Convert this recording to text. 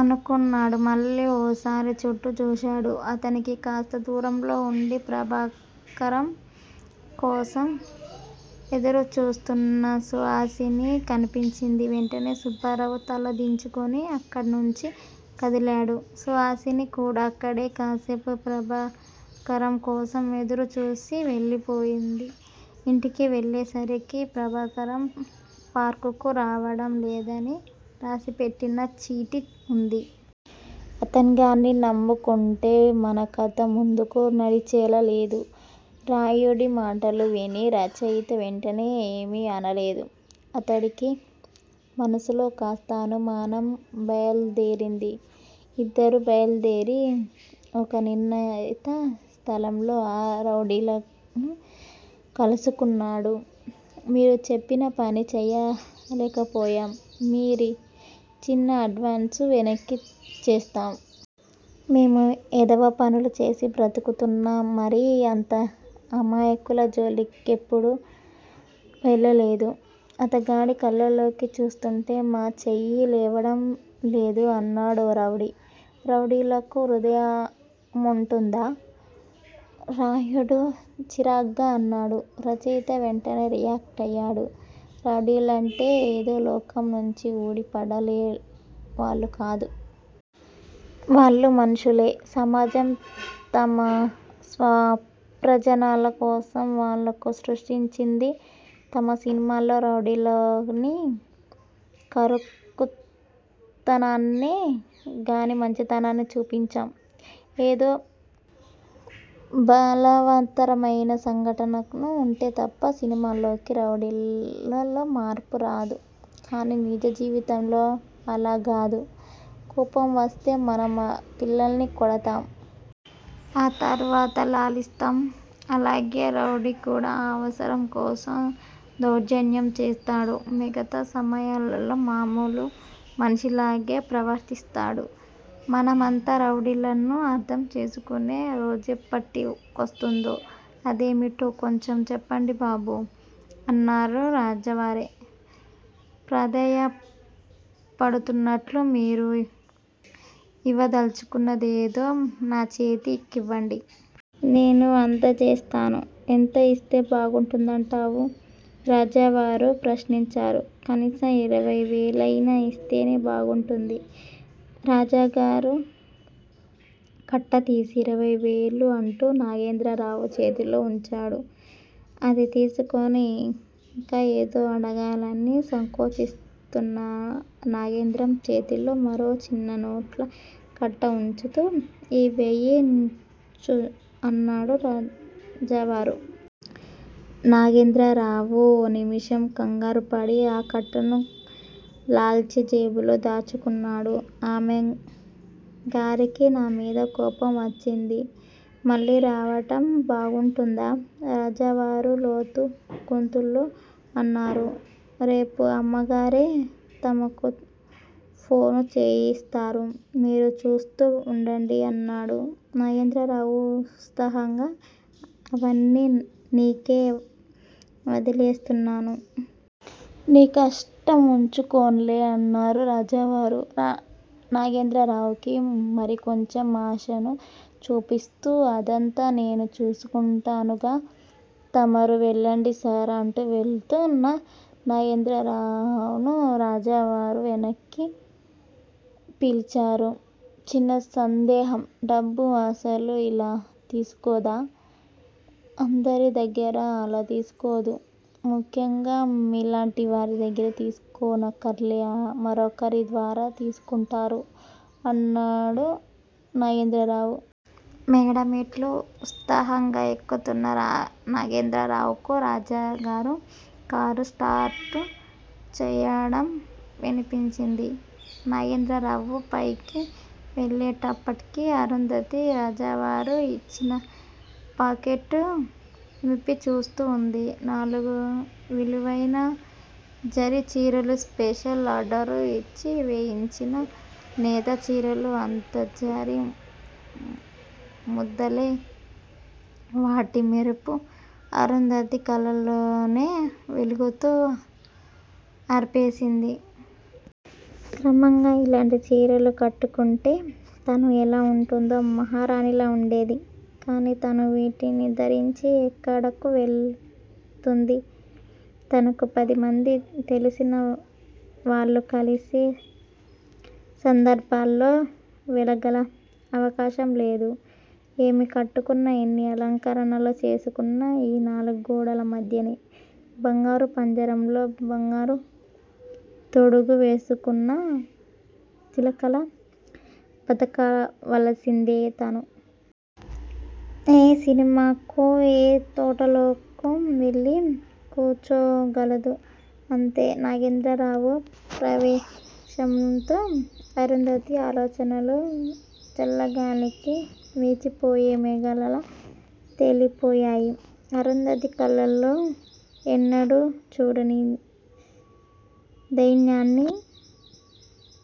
అనుకున్నాడు. మళ్ళీ ఓసారి చుట్టూ చూశాడు. అతడికి కాస్త దూరంలో ఉండి ప్రభాకరం కోసం ఎదురు చూస్తున్న సుహాసిని కనిపించింది. వెంటనే సుబ్బారావు తల దించుకుని అక్కణ్ణించి కదిలాడు. సుహాసిని కూడా అక్కడే కాసేపు ప్రభాకరం కోసం ఎదురు చూసి వెళ్ళిపోయింది. ఇంటికి వెళ్ళేసరికి ప్రభాకరం పార్కుకు రావడం లేదని రాసిపెట్టిన చీటీ ఉంది. ఇతగాన్ని నమ్ముకుంటే మన కథ ముందుకు నడిచేలా లేదు. రాయుడి మాటలు విని రచయిత వెంటనే ఏమీ అనలేదు. అతడికీ మనసులో కాస్త అనుమానం బయల్దేరింది. ఇద్దరూ బయల్దేరి ఒక నిర్ణీత స్థలంలో ఆ రౌడీలను కలుసుకున్నాడు. మీరు చెప్పిన పని చేయలేకపోయాం! మీ రిచ్చిన అడ్వాన్సు వెనక్కిచ్చేస్తాం. మేము వెధవపనులు చేసి బ్రతుకుతున్నా మరీ అంత అమాయకుల జోలికెప్పుడూ వెళ్ళలేదు. అతగాడి కళ్ళలోకి చూస్తూంటే మా చెయ్యి లేవడం లేదు అన్నాడో రౌడీ. రౌడీలకు హృదయముంటుందా? రాయుడు చిరాగ్గా అన్నాడు. రచయిత వెంటనే రియాక్టయ్యాడు రౌడీలంటే ఏదో లోకం నుంచి ఊడి పడలే వాళ్ళు కాదు. వాళ్ళూ మనుషులే! సమాజం తన స్వప్రయోజనాల కోసం వాళ్ళకు సృష్టించింది. మనం సినిమాల్లో రౌడీలోని కరుకుతనాన్నే గానీ మంచితనాన్ని చూపించం. ఏదో బలవత్తరమైన సంఘటనకు ఉంటే తప్ప సినిమాల్లోకి రౌడీల్లోకి మార్పు రాదు. కానీ నిజ జీవితంలో అలా గాదు. కోపం వస్తే మనం పిల్లల్ని కొడతాం. ఆ తర్వాత లాలిస్తాం. అలాగే రౌడీ కూడా అవసరం కోసం దౌర్జన్యం చేస్తాడు. మిగతా సమయాల్లో మామూలు మనిషిలాగే ప్రవర్తిస్తాడు. మనమంతా రౌడీలను అర్ధం చేసుకునే రోజెప్పటి కొస్తుందో! అదేమిటో కొంచెం చెప్పండి బాబూ! అన్నారు రాజావారే ప్రాధేయ పడుతున్నట్లు. మీరు ఇవ్వదలచుకున్నదేదో నాచేతి కివ్వండి. నేను అందచేస్తాను. ఎంత ఇస్తే బాగుంటుందంటావు? రాజావారు, ప్రశ్నించారు. కనీసం ఇరవై వేలయినా ఇస్తేనే బాగుంటుంది. రాజాగారు కట్ట తీసి, ఇరవైవేలు అంటూ నాగేంద్రరావు చేతిలో ఉంచాడు. అది తీసుకుని ఇంకా ఏదో అడగాలని సంకోచిస్తున్న నాగేంద్రం చేతిలో మరో చిన్న నోట్ల కట్ట ఉంచుతూ, ఈ వెయ్యీ నువ్వుంచు అన్నారు రాజావారు. నాగేంద్రరావు ఓ నిముషం కంగారుపడి, ఆ కట్టను లాల్చీజేబులో దాచుకున్నాడు. ఆమె గారికి నామీద కోపం వచ్చింది. మళ్ళీ రావటం బాగుంటుందా? రాజావారు లోతు గొంతులో అన్నారు. రేపు అమ్మగారే తమకు ఫోను చేయిస్తారు. మీరు చూస్తూ ఉండండి అన్నాడు నాగేంద్రరావు ఉత్సాహంగా. అవన్నీ నీకే వదిలేస్తున్నాను. నీ కష్టం ఉంచుకోనులే అన్నారు రాజావారు, నాగేంద్రరావుకి మరికొంచెం ఆశను చూపిస్తూ. అదంతా నేను చూసుకుంటానుగా? తమరు వెళ్ళిరండి సార్! అంటూ వెళుతున్న నాగేంద్రరావును రాజావారు వెనక్కి పిలిచారు. చిన్న సందేహం! డబ్బు అసలు ఇలా తీసుకోదా? అందరి దగ్గరా అలా తీసుకోదు, ముఖ్యంగా మీలాంటివారి దగ్గర తీసుకోనక్కర్లే మరొకరి ద్వారా తీసుకొంటారు అన్నాడు నాగేంద్రరావు. మేడ మెట్లు ఉత్సాహంగా ఎక్కుతున్న నాగేంద్రరావుకు రాజాగారు కారు స్టార్టు చెయ్యడం వినిపించింది. నాగేంద్రరావు పైకి వెళ్ళేప్పటికి అరుంధతి రాజావారు ఇచ్చిన పాకెట్ విప్పిచూస్తూ వుంది. నాలుగు విలువైన జరీ చీరలు, స్పెషల్ ఆర్డరు ఇచ్చి నేయించిన నేత చీరలు, అంత జరీ ముద్దలే. వాటి మెరుపు అరుంధతి కళ్ళల్లోనే వెలుగుతు ఆర్పేసింది. క్రమంగా ఇలాంటి చీరలు కట్టుకుంటే తను ఎలా ఉంటుందో! మహారాణిలా ఉండేదే! కాని తను వీటిని ధరించి ఎక్కడకు వెళుతుంది? తనకు పదిమందీ తెలిసినవాళ్ళు కలిసే సందర్భాల్లో వెళ్ళగల అవకాశం లేదు. ఏమి కట్టుకున్నా, ఎన్ని అలంకరణలు చేసుకున్నా ఈ నాలుగు గోడల మధ్యనే. బంగారు పంజరంలో బంగారు తొడుగు వేసుకొన్న చిలకలా బతకవలసిందే తను. ఏ సినిమాకో, ఏ తోటలోకో వెళ్ళి కూచోగలదు. అంతే. నాగేంద్రరావు ప్రవేశంతో అరుంధతి ఆలోచనలు చల్లగాలికి విచిపోయే మేఘాలలా తేలిపోయాయి. అరుంధతి కళ్ళలో ఎన్నడూ చూడని దైన్యాన్ని